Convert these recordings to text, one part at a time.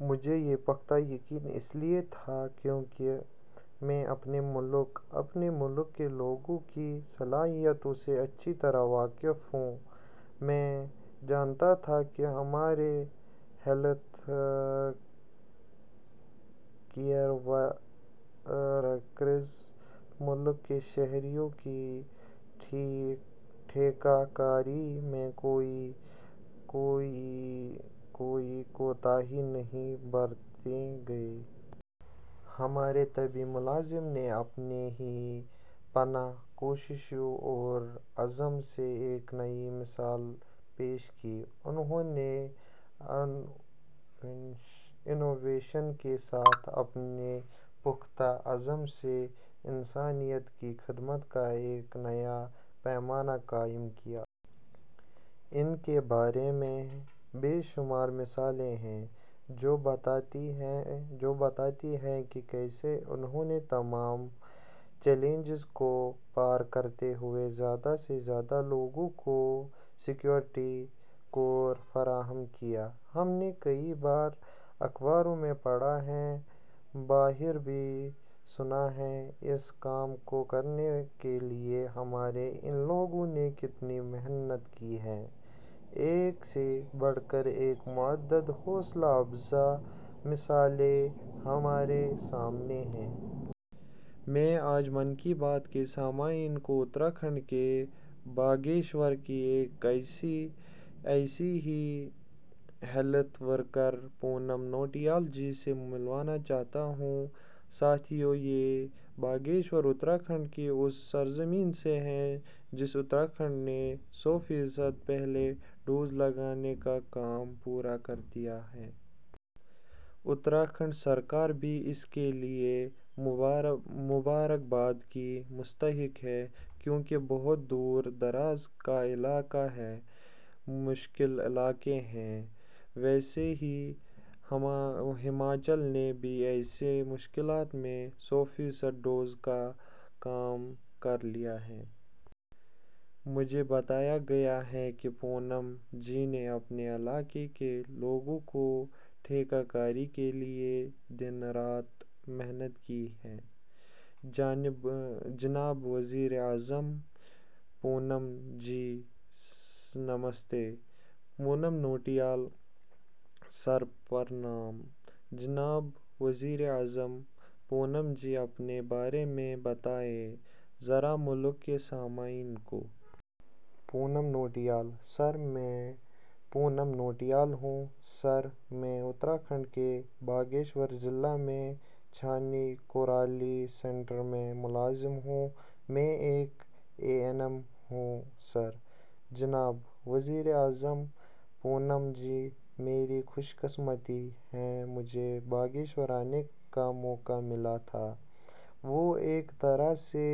مجھے یہ پختہ یقین اس لیے تھا، کیوں کہ میں اپنے ملک، اپنے ملک کے لوگوں کی صلاحیتوں سے اچھی طرح واقف ہوں۔ میں جانتا تھا کہ ہمارے ہیلتھ کیئر ورکرز ملک کے شہریوں کی ٹیکہ کاری میں کوئی کوتاہی نہیں برتیں گے۔ ہمارے طبی ملازمین نے اپنی بے پناہ کوششوں اور عزم سے ایک نئی مثال پیش کی، انہوں نے انوویشن کے ساتھ اپنے پختہ عزم سے انسانیت کی خدمت کا ایک نیا پیمانہ قائم کیا۔ ان کے بارے میں بے شمار مثالیں ہیں، جو بتاتی ہیں کہ کیسے انہوں نے تمام چیلنجز کو پار کرتے ہوئے زیادہ سے زیادہ لوگوں کو سیکورٹی کور فراہم کیا۔ ہم نے کئی بار اخباروں میں پڑھا ہے، باہر بھی سنا ہے اس کام کو کرنے کے لیے ہمارے ان لوگوں نے کتنی محنت کی ہے، ایک سے بڑھ کر ایک متعدد حوصلہ افزا مثالیں ہمارے سامنے ہیں۔ میں آج 'من کی بات' کے سامعین کو اتراکھنڈ کے باگیشور کی ایک ایسی ہی ہیلتھ ورکر پونم نوٹیال جی سے ملوانا چاہتا ہوں۔ ساتھیو، یہ باگیشور اتراکھنڈ کی اُس سرزمین سے ہے جس اتراکھنڈ نے سو فیصد پہلا ڈوز لگانے کا کام پورا کر دیا ہے۔ اتراکھنڈ سرکار بھی اس کے لیے مبارکباد کی مستحق ہے، کیوں کہ بہت دور دراز کا علاقہ ہے، مشکل علاقہ ہے۔ ویسے ہی، ہماچل نے بھی ایسی مشکلات میں سو فیصد ڈوز کا کام کر لیا ہے۔ مجھے بتایا گیا ہے کہ پونم جی نے اپنے علاقے کے لوگوں کی ٹیکہ کاری کے لیے دن رات محنت کی ہے۔ جناب وزیر اعظم:- پونم جی نمستے۔ پونم نوٹیال:- سر پرنام۔ جناب وزیراعظم:- پونم جی اپنے بارے میں بتائے ذرا ملک کے سامعین کو۔ پونم نوٹیال:- سر میں پونم نوٹیال ہوں۔ سر میں اتراکھنڈ کے باگیشور ضلع میں چانی کورالی سنٹر میں ملازم ہوں۔ میں ایک اے این ایم ہوں سر۔ جناب وزیر اعظم:- پونم جی میری خوش قسمتی ہے مجھے باگیشور آنے کا موقع ملا تھا وہ ایک طرح سے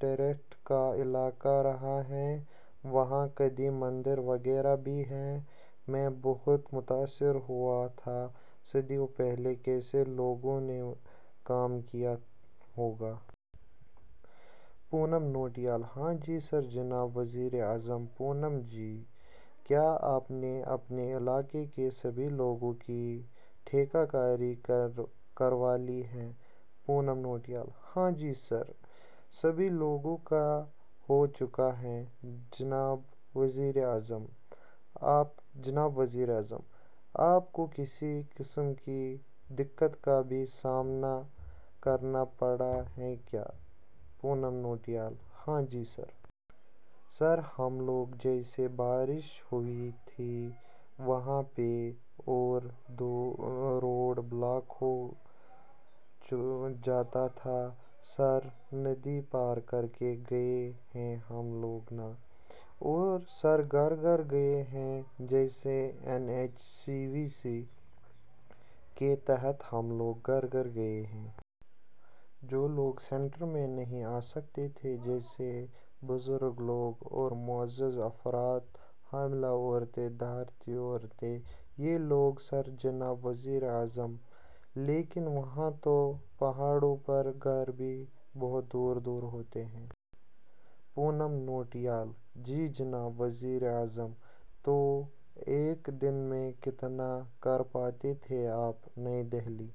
تیرتھ کا علاقہ رہا ہے وہاں قدیم مندر وغیرہ بھی ہیں، میں بہت متاثر ہوا تھا صدیوں پہلے کیسے لوگوں نے کام کیا ہوگا۔ پونم نوٹیال:- ہاں جی سر جناب وزیر اعظم:- پونم جی کیا آپ نے اپنے علاقے کے سبھی لوگوں کی ٹیکہ کاری کروالی ہے۔ پونم نوٹیال:- ہاں جی سر، سبھی لوگوں کا ہو چکا ہے جناب وزیر اعظم:- آپ کو کسی قسم کی دقت کا بھی سامنا کرنا پڑا ہے کیا؟ پونم نوٹیال:- ہاں جی سر۔ سر ہم لوگ جیسے بارش ہوتی تھی وہاں پہ اور روڈ بلاک ہو جاتا تھا۔ سر، ندی پار کرکے گئے ہیں ہم لوگ نا! اور سر گھر گھر گئے ہیں، جیسے N H C V C کے تحت ہم لوگ گھر گھر گئے ہیں۔ جو لوگ سنٹر میں نہیں آ سکتے تھے، جیسے بزرگ لوگ اور معذور افراد، حاملہ عورتیں، دھاتری عورتیں – یہ لوگ سر۔ جناب وزیر اعظم:- لیکن، وہاں تو پہاڑوں پر گھر بھی بہت دور دور ہوتے ہیں۔ پونم نوٹیال:- جی جناب وزیر اعظم:- تو ایک دن میں کتنا کر پاتے تھے آپ! نئی دہلی۔